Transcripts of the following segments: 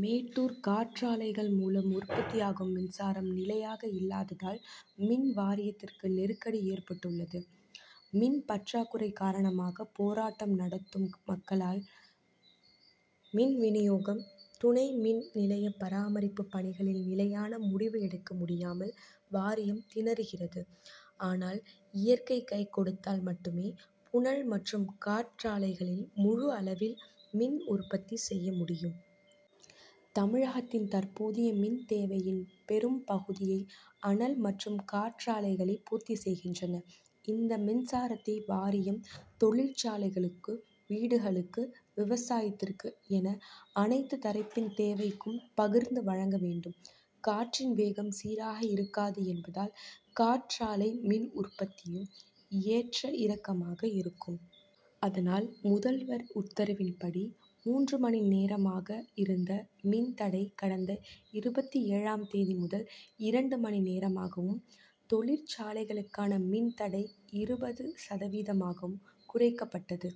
மேட்டூர் காற்றாலைகள் மூலம் உற்பத்தியாகும் மின்சாரம் நிலையாக இல்லாததால், மின் வாரியத்திற்கு நெருக்கடி ஏற்பட்டுள் ளது. மின் பற்றாக்குறை காரணமாக போராட்டம் நடத்தும் மக்களால் மின் வினியோகம், துணை மின் நிலைய பராமரிப்பு பணிகளில் நிலையான முடிவு எடுக்க முடியாமல் வாரியம் திணறுகிறது. ஆனால், இயற்கை கை கொடுத்தால் மட்டுமே புனல் மற்றும் காற்றாலைகளில் முழு அளவில் மின் உற்பத்தி செய்ய முடியும். தமிழகத்தின் தற்போதைய மின் தேவையின் பெரும் பகுதியை அனல் மற்றும் காற்றாலைகளே பூர்த்தி செய்கின்றன. இந்த மின்சாரத்தை வாரியம் தொழிற்சாலைகளுக்கு, வீடுகளுக்கு, விவசாயத்திற்கு என அனைத்து தரப்பின் தேவைக்கும் பகிர்ந்து வழங்க வேண்டும். காற்றின் வேகம் சீராக இருக்காது என்பதால், காற்றாலை மின் உற்பத்தியும் ஏற்ற இறக்கமாக இருக்கும். அதனால், முதல்வர் உத்தரவின்படி மூன்று மணி நேரமாக இருந்த மின் தடை கடந்த இருபத்தேழாம் தேதி முதல் இரண்டு மணி நேரமாகவும், தொழிற்சாலைகளுக்கான மின் தடை இருபது சதவீதமாகவும் குறைக்கப்பட்டது.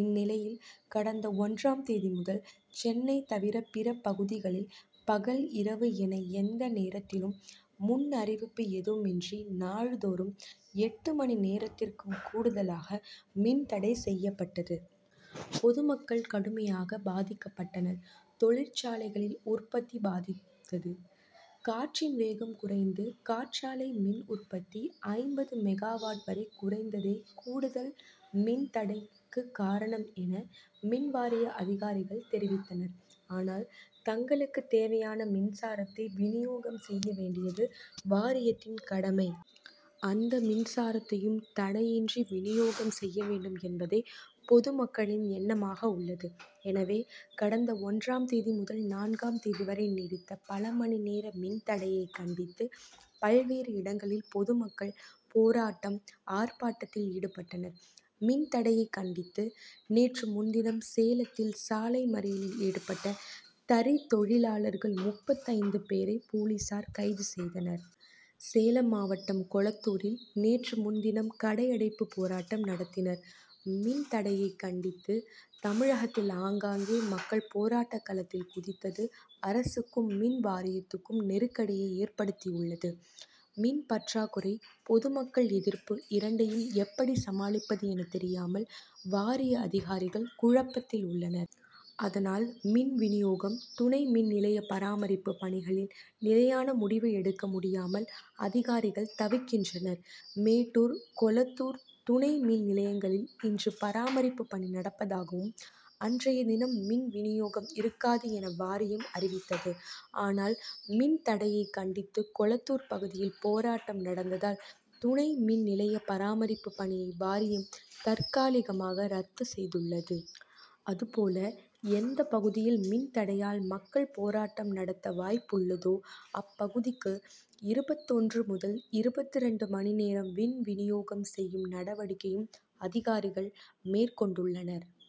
இந்நிலையில், கடந்த ஒன்றாம் தேதி முதல், சென்னை தவிர பிற பகுதிகளில் பகல், இரவு என, எந்த நேரத்திலும் முன் அறிவிப்பு எதுவும் இன்றி நாள்தோறும் எட்டு மணி நேரத்திற்கும் கூடுதலாக மின் தடை செய்யப்பட்டது. பொதுமக்கள் கடுமையாக பாதிக்கப்பட்டனர். தொழிற்சாலைகளில் உற்பத்தி பாதித்தது. காற்றின் வேகம் குறைந்து காற்றாலை மின் உற்பத்தி ஐம்பது மெகா வாட் வரை குறைந்ததே கூடுதல் மின் தடைக்கு காரணம்' என, மின் வாரிய அதிகாரிகள் தெரிவித்தனர். ஆனால், தங்களுக்கு தேவையான மின்சாரத்தை வினியோகம் செய்ய வேண்டியது வாரியத்தின் கடமை. அந்த மின்சாரத்தையும் தடையின்றி வினியோகம் செய்ய வேண்டும்' என்பதே பொதுமக்களின் எண்ணமாக உள்ளது. எனவே, கடந்த ஒன்றாம் தேதி முதல் நான்காம் தேதி வரை நீடித்த பல மணி நேர மின் தடையைக் கண்டித்து, பல்வேறு இடங்களில் பொதுமக்கள் போராட்டம், ஆர்ப்பாட்டத்தில் ஈடுபட்டனர். மின் தடையைக் கண்டித்து நேற்று முன்தினம் சேலத்தில் சாலை மறியலில் ஈடுபட்ட தறி தொழிலாளர்கள் முப்பத்தைந்து பேரை, போலீசார் கைது செய்தனர். சேலம் மாவட்டம் கொளத்தூரில் நேற்று முன்தினம் கடையடைப்பு போராட்டம் நடத்தினர். மின் தடையை கண்டித்து தமிழகத்தில் ஆங்காங்கே மக்கள் போராட்டக் களத்தில் குதித்தது அரசுக்கும், மின் வாரியத்துக்கும் நெருக்கடியை ஏற்படுத்தியுள்ளது. மின் பற்றாக்குறை, பொதுமக்கள் எதிர்ப்பு இரண்டையும் எப்படி சமாளிப்பது என தெரியாமல் வாரிய அதிகாரிகள் குழப்பத்தில் உள்ளனர். அதனால், மின் வினியோகம், துணை மின் நிலைய பராமரிப்பு பணிகளில் நிலையான முடிவு எடுக்க முடியாமல் அதிகாரிகள் தவிக்கின்றனர். மேட்டூர், கொளத்தூர் துணை மின் நிலையங்களில் இன்று பராமரிப்பு பணி நடப்பதாகவும், அன்றைய தினம் மின் வினியோகம் இருக்காது' என வாரியம் அறிவித்தது. ஆனால், மின் தடையைக் கண்டித்து கொளத்தூர் பகுதியில் போராட்டம் நடந்ததால், துணை மின் நிலைய பராமரிப்பு பணியை வாரியம் தற்காலிகமாக ரத்து செய்துள்ளது. அதுபோல, எந்த பகுதியில் மின் தடையால் மக்கள் போராட்டம் நடத்த வாய்ப்புள்ளதோ அப்பகுதிக்கு இருபத்தொன்று முதல் இருபத்திரண்டு மணி நேரம் மின் வினியோகம் செய்யும் நடவடிக்கையையும் அதிகாரிகள் மேற்கொண்டுள்ளனர்.